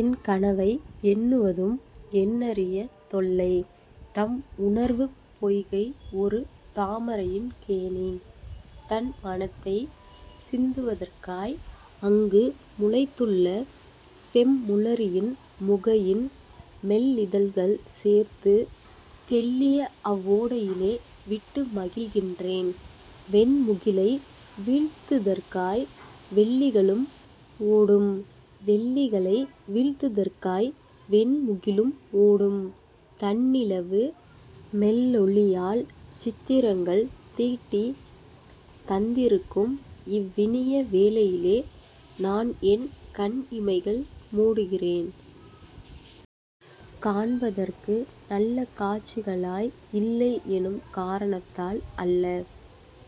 என்கனவை எண்ணுவதும் எண்ணரிய தொல்லை. தம்உணர்வுப் பொய்கை ஒரு தாமரையின் கேணி. தண்மனத்தைச் சிந்துவதற்காய் அங்கு முளைத்துள்ள செம்முளரியின் முகையின் மெல்லிதழ்கள் சேர்த்து தெள்ளியஅவ் வோடையிலே விட்டு மகிழ்கின்றேன். வெண்முகிலை வீழ்த்துதற்காய் வெள்ளிகளும் ஓடும். வெள்ளிகளை வீழ்த்துதற்காய் வெண்முகிலும் ஓடும். தண்ணிலவு மெல்லொளியால் சித்திரங்கள் தீட்டித் தந்திருக்கும் இவ்வினிய வேளையிலே நான்என் கண்இமைகள் மூடுகிறேன். காண்பதற்கு நல்ல காட்சிகளாய் இல்லை எனும் காரணத்தால் அல்ல.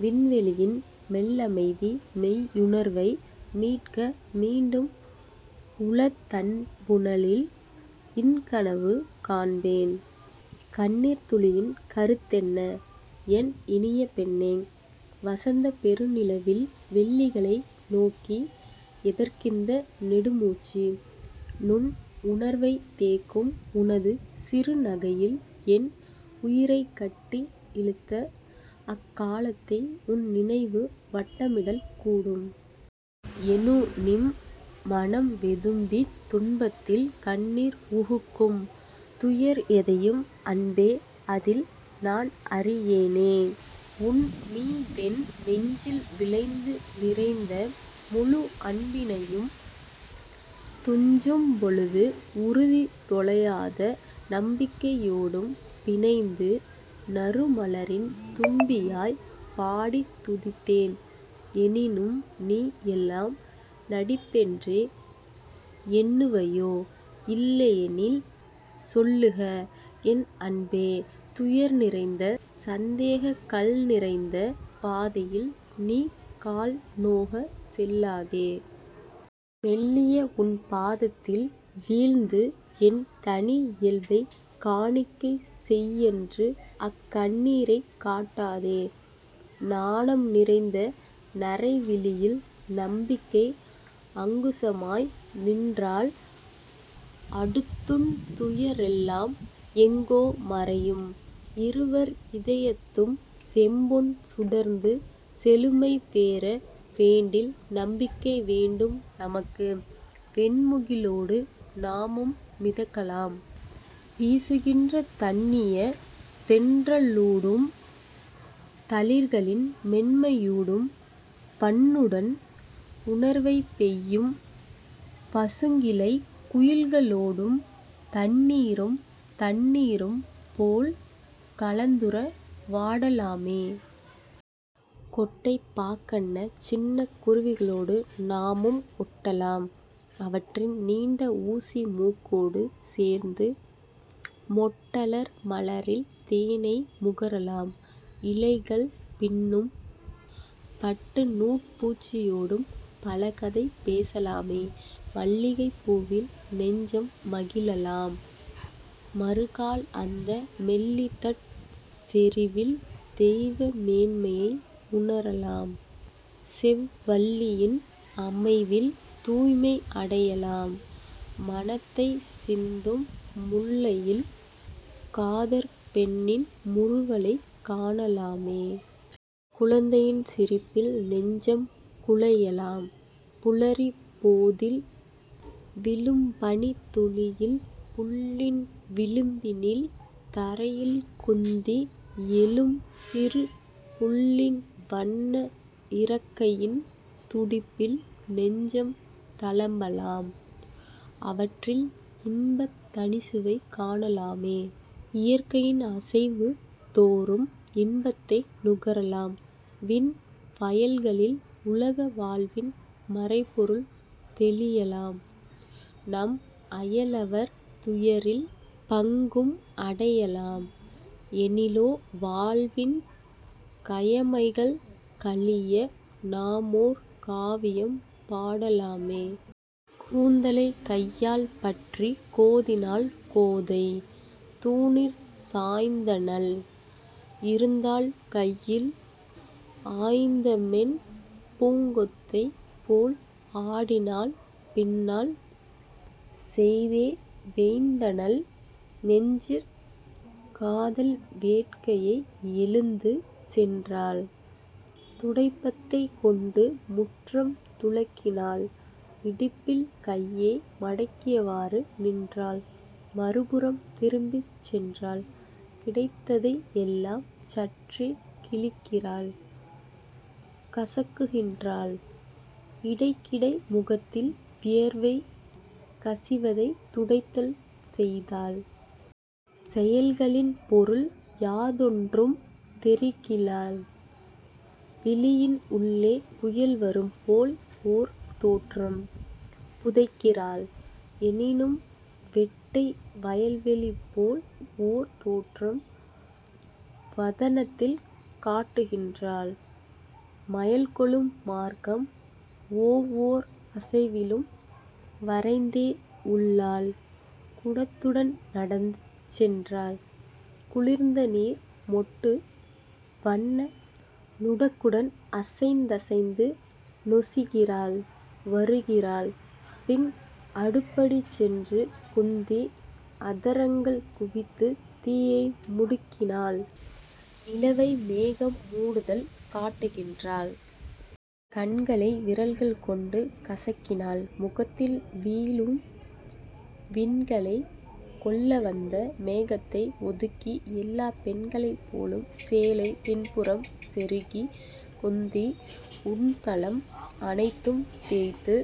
விண்வெளியின் மெல்லமைதி மெய்யுணர்வை மீட்க மீண்டும் உளத் தண்புனலில் இன்கனவு காண்பேன். கண்ணீர்த் துளியின் கருத்தென்ன என் இனிய பெண்ணே? வசந்தப் பெருநிலவில் வெள்ளிகளை நோக்கி எதற்கிந்த நெடுமூச்சு? நுண் உணர்வைத் தேக்கும் உனது சிறுநகையில் என் உயிரைக் கட்டி இழுத்த அக் காலத்தை உன்நினைவு வட்டமிடல் கூடும். எனுனிம் மனம் வெதும்பித் துன்பத்தில் கண்ணீர் உகுக்கும் துயர் எதையும் அன்பே அதில் நான் அறியேனே உன்மீதென் நெஞ்சில் விளைந்து நிறைந்த முழு அன்பினையும் துஞ்சும் பொழுது உறுதி தொலையாத நம்பிக்கையோடும் பிணைந்து நறுமலரின் தும்பியாய்ப் பாடித் துதித்தேன். எனினும் நீ எல்லாம் நடிப்பென்றே எண்ணுவையோ இல்லையெனில் சொல்லுக என் அன்பே துயர்நிறைந்த, சந்தேகக் கல்நிறைந்த பாதையில் நீ கால் நோகச் செல்லாதே. மெல்லிய உன் பாதத்தில் வீழ்ந்து என் தனி இயல்பைக் காணிக்கை செய்யென்று அக் கண்ணீரைக் காட்டாதே. நாணம் நிறைந்த நறைவிழியில் நம்பிக்கை அங்குசமாய் நின்றால் அடுத்துன் துயரெல்லாம் எங்கோ மறையும். இருவர் இதயத்தும் செம்பொன் சுடர்ந்து செழுமை பேற வேண்டில் நம்பிக்கை வேண்டும் நமக்கு. வெண்முகிலோடு நாமும் மிதக்கலாம்; வீசுகின்ற தண்ணிய தென்றலூடும் தளிர்களின் மென்மையூடும் பண்ணுடன் உணர்வைப் பெய்யும் பசுங்கிளைக் குயில்களோடும் தண்ணீரும் தண்ணீரும் போல் கலந்துற வாடலாமே. கொட்டைப் பாக்கன்ன சின்னக் குருவிகளோடு நாமும் ஒட்டலாம். அவற்றின் நீண்ட ஊசி மூக்கோடு சேர்ந்து மொட்டலர் மலரில் தேனை முகரலாம் இழைகள் பின்னும் பட்டுநூற்பூச்சியோடும் பலகதை பேசலாமே. மல்லிகைப் பூவில் நெஞ்சம் மகிழலாம் மறுகால் அந்த மெல்லிதட் செறிவில் தெய்வ மேன்மையை உணரலாம் செவ் வல்லியின் அமைவில் தூய்மை அடையலாம் மணத்தைச் சிந்தும் முல்லையில் காதற் பெண்ணின் முறுவலைக் காணலாமே. குழந்தையின் சிரிப்பில் நெஞ்சம் குழையலாம் புலரிப் போதில் விழும்பனித் துளியில் புல்லின் விளிம்பினில் தரையில் குந்தி எழும் சிறு புள்ளின் வண்ண இறக்கையின் துடிப்பில் நெஞ்சம் தளம்பலாம் அவற்றில் இன்பத் தனிச்சுவை காணலாமே. இயற்கையின் அசைவு தோறும் இன்பத்தை நுகரலாம் விண் வயல்களில் உலக வாழ்வின் மறைபொருள் தெளியலாம் நம் அயலவர் துயரில் பங்கும் அடையலாம் எனிலோ வாழ்வின் கயமைகள் கழிய நாமோர் காவியம் பாடலாமே. கூந்தலைக் கையால் பற்றிக் கோதினாள் கோதை; தூணிற் சாய்ந்தனள்; இருந்தாள் கையில் ஆய்ந்தமென் பூங்கொத்தைப் போல் ஆடினாள் பின்னால் செய்தே வேய்ந்தனள் நெஞ்சிற் காதல் வேட்கையை எழுந்து சென்றாள். துடைப்பத்தைக் கொண்டு முற்றம் துலக்கினாள் இடுப்பில் கையை மடக்கியவாறு நின்றாள் மறுபுறம் திரும்பிச் சென்றாள். கிடைத்ததை எல்லாம் சற்றே கிழிக்கிறாள் கசக்குகின்றாள் இடைக்கிடை முகத்தில் வேர்வை கசிவதைத் துடைத்தல் செய்தாள். செயல்களின் பொருள் யாதொன்றும் தெரிகிலாள் விழியின் உள்ளே புயல்வரும் போல் ஓர் தோற்றம் புதைக்கிறாள் எனினும் வெட்டை வயல்வெளி போல் ஓர் தோற்றம் வதனத்தில் காட்டுகின்றாள். மயல்கொளும் மார்க்கம் ஓவ்வோர் அசைவிலும் வரைந்தே உள்ளாள். குடத்துடன் நடந்து சென்றாள் குளிர்ந்த நீர் மொண்டு வண்ண நுடக்குடன் அசைந்தசைந்து நொசிகிறாள் வருகிறாள் பின் அடுப்படி சென்று குந்தி அதரங்கள் குவித்துத் தீயை முடுக்கினாள் நிலவை மேகம் மூடுதல் காட்டுகின்றாள். கண்களை விரல்கள் கொண்டு கசக்கினாள் முகத்தில் வீழும் விண்களை கொள்ளவந்த மேகத்தை ஒதுக்கி எல்லாப் பெண்களைப் போலும் சேலை பின்புறம் செருகிக் குந்தி உண்கலம் அனைத்தும் தேய்த்து